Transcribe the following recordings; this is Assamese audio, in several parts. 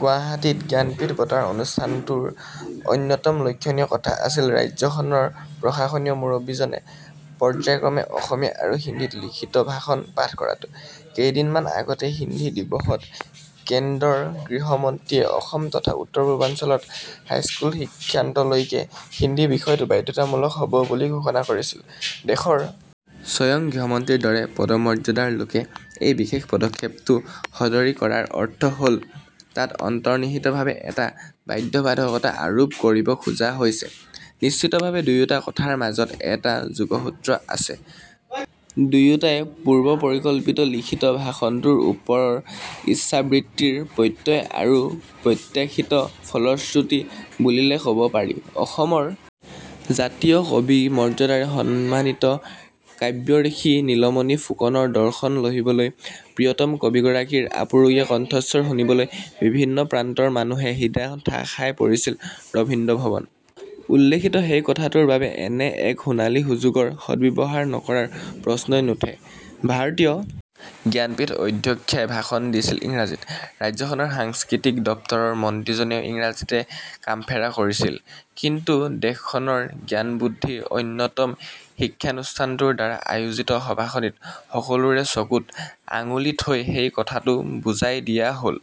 গুৱাহাটীত জ্ঞানপীঠ বঁটাৰ অনুষ্ঠানটোৰ অন্যতম লক্ষ্যণীয় কথা আছিল ৰাজ্যখনৰ প্ৰশাসনীয় মুৰব্বীজনে পৰ্যায়ক্ৰমে অসমীয়া আৰু হিন্দীত লিখিত ভাষণ পাঠ কৰাটো। কেইদিনমান আগতে হিন্দী দিৱসত কেন্দ্ৰৰ গৃহমন্ত্ৰীয়ে অসম তথা উত্তৰপূৰ্বাঞ্চলত হাইস্কুল শিক্ষান্তলৈকে হিন্দী বিষয়টো বাধ্যতামূলক হ'ব বুলি ঘোষণা কৰিছিল। দেশৰ স্বয়ং গৃহমন্ত্ৰীৰ দৰে পদমৰ্যাদাৰ লোকে এই বিশেষ পদক্ষেপটো সদৰী কৰাৰ অৰ্থ হ'ল তাত অন্তৰ্নিহিতভাৱে এটা বাধ্যবাধকতা আৰোপ কৰিব খোজা হৈছে। নিশ্চিতভাৱে দুয়োটা কথাৰ মাজত এটা যোগসূত্ৰ আছে। দুয়োটাই পূৰ্বপৰিকল্পিত লিখিত ভাষণটো ওপৰৰ ইচ্ছাবৃত্তিৰ প্ৰত্যয় আৰু প্ৰত্যাশিত ফলশ্ৰুতি বুলিয়ে কব পাৰি। অসমৰ জাতীয় কবি মৰ্যাদাৰে সন্মানিত কাব্যঋষি নীলমণি ফুকনৰ দৰ্শন লভিবলৈ প্ৰিয়তম কবিগৰাকীৰ আপুৰুগীয়া কণ্ঠস্বৰ শুনিবলৈ বিভিন্ন প্ৰান্তৰ মানুহে সিদিনাখন ঠাহ খাই পৰিছিল ৰবীন্দ্ৰ ভৱন। উল্লিখিত সেই কথাটোৰ বাবে এনে এক সোণালী সুযোগৰ সদ্ব্যৱহাৰ নকৰাৰ প্ৰশ্নই নুঠে। ভাৰতীয় জ্ঞানপীঠ অধ্যক্ষাই ভাষণ দিছিল ইংৰাজীত। ৰাজ্যখনৰ সাংস্কৃতিক দপ্তৰৰ মন্ত্ৰীজনেও ইংৰাজীতে কামফেৰা কৰিছিল। কিন্তু দেশখনৰ জ্ঞানবুদ্ধিৰ অন্যতম শীক্ষানুষ্ঠানটোৰ দ্বাৰা আয়োজিত সভাখনিত সকলোৰে চকুত আঙুলি থৈ সেই কথাটো বুজাই দিয়া হ'ল।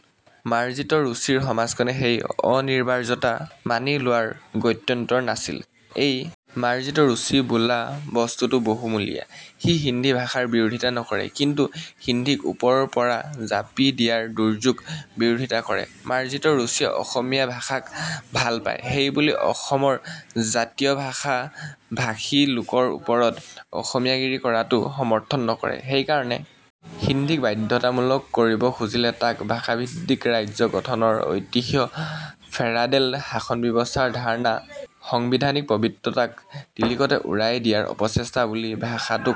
মাৰ্জিত ৰুচিৰ সমাজখনে সেই অনিবাৰ্যতা মানি লোৱাৰ গত্যন্তৰ নাছিল। এই মাৰ্জিত ৰুচি বোলা বস্তুটো বহুমূলীয়া। সি হিন্দী ভাষাৰ বিৰোধিতা নকৰে, কিন্তু হিন্দীক ওপৰৰ পৰা জাপি দিয়াৰ দুৰ্যোগ বিৰোধিতা কৰে। মাৰ্জিত ৰুচিয়ে অসমীয়া ভাষাক ভাল পায়, সেইবুলি অসমৰ জাতীয় ভাষা-ভাষী লোকৰ ওপৰত অসমীয়াগিৰি কৰাটো সমৰ্থন নকৰে। সেইকাৰণে হিন্দীক বাধ্যতামূলক কৰিব খুজিলে তাক ভাষাভিত্তিক ৰাজ্য গঠনৰ ঐতিহ্য, ফেৰাডেল শাসনব্যৱস্থাৰ ধাৰণা, সাংবিধানিক পবিত্ৰতাক টিলিকতে উৰাই দিয়াৰ অপচেষ্টা বুলি ভাষাটো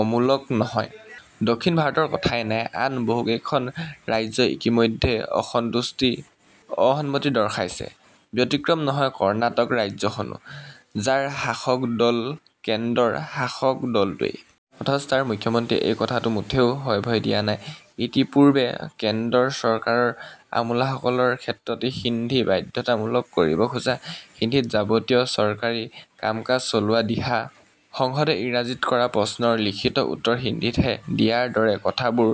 অমূলক নহয়। দক্ষিণ ভাৰতৰ কথাই নাই, আন বহুকেইখন ৰাজ্যই ইতিমধ্যে অসন্তুষ্টি, অসন্মতি দৰ্শাইছে। ব্যতিক্ৰম নহয় কৰ্ণাটক ৰাজ্যখনো, যাৰ শাসক দল কেন্দ্ৰৰ শাসক দলটোৱেই। অথচ তাৰ মুখ্যমন্ত্ৰীয়ে এই কথাটো মুঠেও হয়ভয় দিয়া নাই। ইতিপূৰ্বে কেন্দ্ৰৰ চৰকাৰৰ আমোলাসকলৰ ক্ষেত্ৰত হিন্দী বাধ্যতামূলক কৰিব খোজা, হিন্দীত যাৱতীয় চৰকাৰী কামকাজ চলোৱাৰ দিহা, সংসদে ইংৰাজীত কৰা প্ৰশ্নৰ লিখিত উত্তৰ হিন্দীতহে দিয়াৰ দৰে কথাবোৰ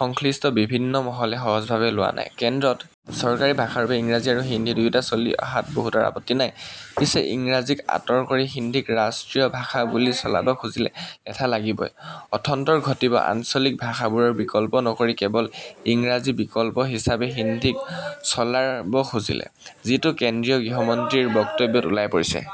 সংশ্লিষ্ট বিভিন্ন মহলে সহজভাৱে লোৱা নাই। কেন্দ্ৰত চৰকাৰী ভাষাৰূপে ইংৰাজী আৰু হিন্দী দুয়োটা চলি অহাত বহুতৰ আপত্তি নাই। পিছে ইংৰাজীক আঁতৰ কৰি হিন্দীক ৰাষ্ট্ৰীয় ভাষা বুলি চলাব খুজিলে লেঠা লাগিবই। অথন্তৰ ঘটিব আঞ্চলিক ভাষাবোৰৰ বিকল্প নকৰি কেৱল ইংৰাজী বিকল্প হিচাপে হিন্দীক চলাব খুজিলেও, যিটো কেন্দ্ৰীয় গৃহমন্ত্ৰীৰ বক্তব্যত ওলাই পৰিছে।